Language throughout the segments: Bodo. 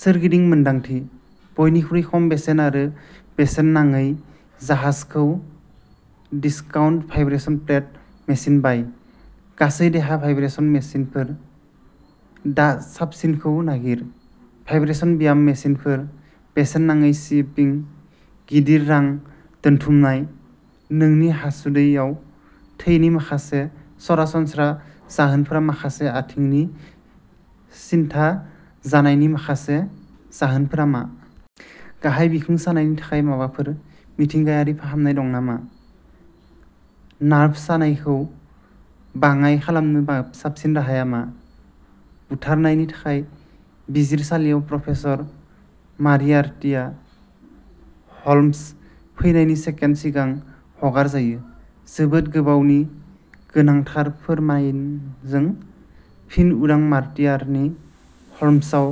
सोरगिदिं मोन्दांथि। बयनिख्रुइ खम बेसेन आरो बेसेन नाङै जाहाजजों डिसकाउन्ट भाइब्रेशन प्लेट मेसिन बाय। गासै देहा भाइब्रेशन मेसिनफोर। दा साबसिनखौ नागिर। भाइब्रेशन ब्याम मेसिनफोर, बेसेन नाङै शिपिं, गिदिर रां दोनथुमनाय, नोंनि हासुदैयाव थैनि माखासे सरासनस्रा जाहोनफोरा माखासे आथिंनि सिनथा जानायनि माखासे जाहोनफोरा मा? गाहाय बिखुं सानायनि थाखाय माबाफोर मिथिंगायारि फाहामनाय दं नामा? नार्भ सानायखौ बाङाइ खालामनो साबसिन राहाया मा? बुथारनायनि थाखाय बिजिरसालियाव प्रफेसार मरियार्टिआ ह'ल्मस फैनायनि सेकेन्ड सिगां हगारजायो, जोबोद गोबावै गोनांथार फोरमानजों। फिन उदां मरियार्टिआ ह'ल्मसनाव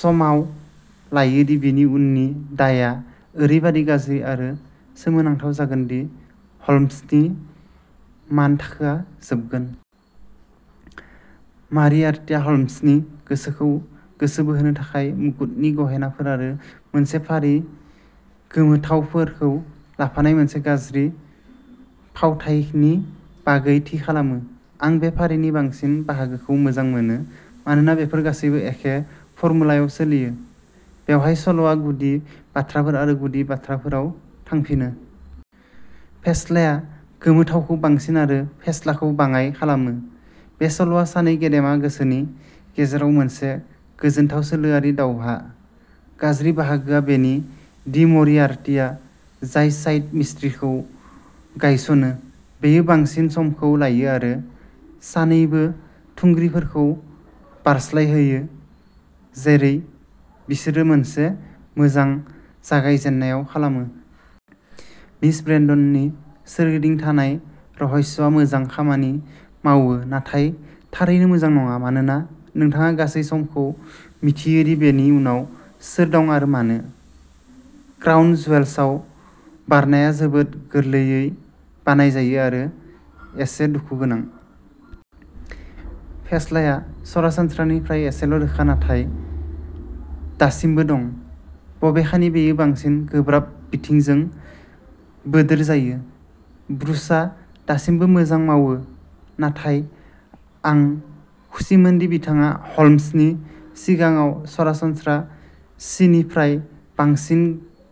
समाव लायो दि बिनि उननि दायआ ओरैबादि गाज्रि आरो सोमोनांथाव जागोन दि ह'ल्मसनि मानथाखोआ जोबगोन। मारियार्टिया ह'ल्मसनि गोसोखौ गोसो बोहोनो थाखाय मुकुटनि गहेनाफोर आरो मोनसे फारि गोमोथावफोरखौ लाफानाय मोनसे गाज्रि फावथाइनि बागै थि खालामो। आं बे फारिनि बांसिन बाहागोखौ मोजां मोनो मानोना बेफोर गासैबो एखे फर्मुलायाव सोलियो। बेवहाय सल'आ गुदि बाथ्राफोर आरो गुदि बाथ्राफोराव थांफिनो। फेस्लाया गोमोथावखौ बांसिन आरो फेस्लाखौ बाङाइ खालामो। बे सल'आ सानै गेदेमा गोसोनि गेजेराव मोनसे गोजोनथाव सोलोआरि दावहा। गाज्रि बाहागोआ बेनो दि मरियार्टिया जाय साइड मिस्ट्रिखौ गायसनो बेयो बांसिन समखौ लायो आरो सानैबो थुंग्रिफोरखौ बारस्लायहैयो जेरै बिसोरो मोनसे मोजां जागायजेन्नायाव खालामो। मिस ब्रेन्डननि सोरगिदिं थानाय रहस्यआ मोजां खामानि मावो नाथाय थारैनो मोजां नङा मानोना नोंथाङा गासै समखौ मिथियो दि बेनि उनाव सोर दं आरो मानो। क्राउन ज्वेल्सआव बारनाया जोबोद गोरलैयै बानायजायो आरो एसे दुखु गोनां। फेस्लाया सरासनस्रानिफ्राय एसेल' रोखा नाथाय दासिमबो दं। बबेखानि बेयो बांसिन गोब्राब बिथिंजों बोदोर जायो। ब्रुसआ दासिमबो मोजां मावो नाथाय आं खुसिमोनदि बिथाङा ह'ल्मसनि सिगाङाव सरासनस्रा सिनिफ्राय बांसिन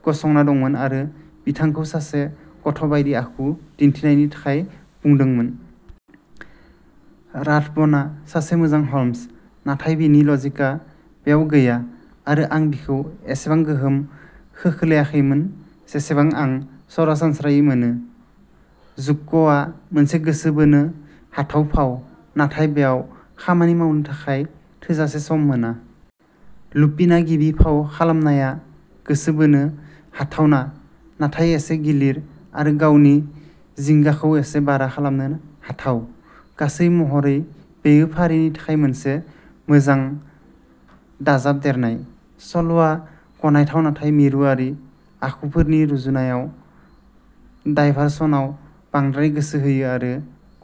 गसंना दंमोन आरो बिथांखौ सासे गथ'बायदि आखु दिन्थिनायनि थाखाय बुंदोंमोन। राथबनआ सासे मोजां ह'ल्मस। नाथाय बिनि लजिकआ बेयाव गैया आरो आं बिखौ एसेबां गोहोम खोख्लैयाखैमोन जेसेबां आं सरासनस्रायै मोनो। जुक्क'आ मोनसे गोसो बोनो हाथाव फाव, नाथाय बेयाव खामानि मावनो थाखाय थोजासे सम मोना। लुपिन'आ गिबि फाव खालामनाया गोसो बोनो हाथावना नाथाय एसे गिलिर आरो गावनि जिंगाखौ एसे बारा खालामनो हाथाव। गासै महरै बेयो फारिनि थाखाय मोनसे मोजां दाजाबदेरनाय। सल'आ गनायथाव नाथाय मिरुआरि आखुफोरनि रुजुनायाव डायभारसनआव बांद्राय गोसो होयो आरो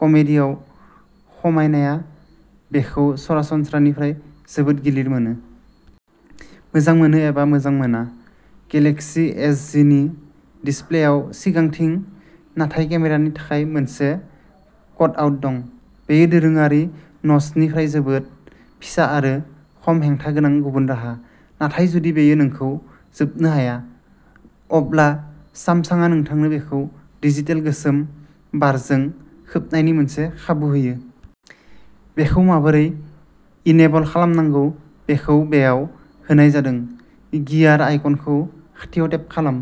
कमेडीयाव खमायनाया बेखौ सरासनस्रानिफ्राय जोबोद गिलिर मोनो। मोजां मोनो एबा मोजां मोना, गेलेक्सी एस जि नि डिसप्लेआव सिगांथिं नाथाय केमेरानि थाखाय मोनसे कटआउट दं। बेयो दोरोङारि न'चनिफ्राय जोबोद फिसा आरो खम हेंथा गोनां गुबुन राहा, नाथाय जुदि बेयो नोंखौ जोबनो हाया, अब्ला सामसांआ नोंथांनो बेखौ डिजिटेल गोसोम बारजों खोबनायनि मोनसे खाबु होयो। बेखौ माबोरै इनेबल खालामनांगौ बेखौ बेयाव होनाय जादों। गियार आइकनखौ खाथियाव टेप खालाम।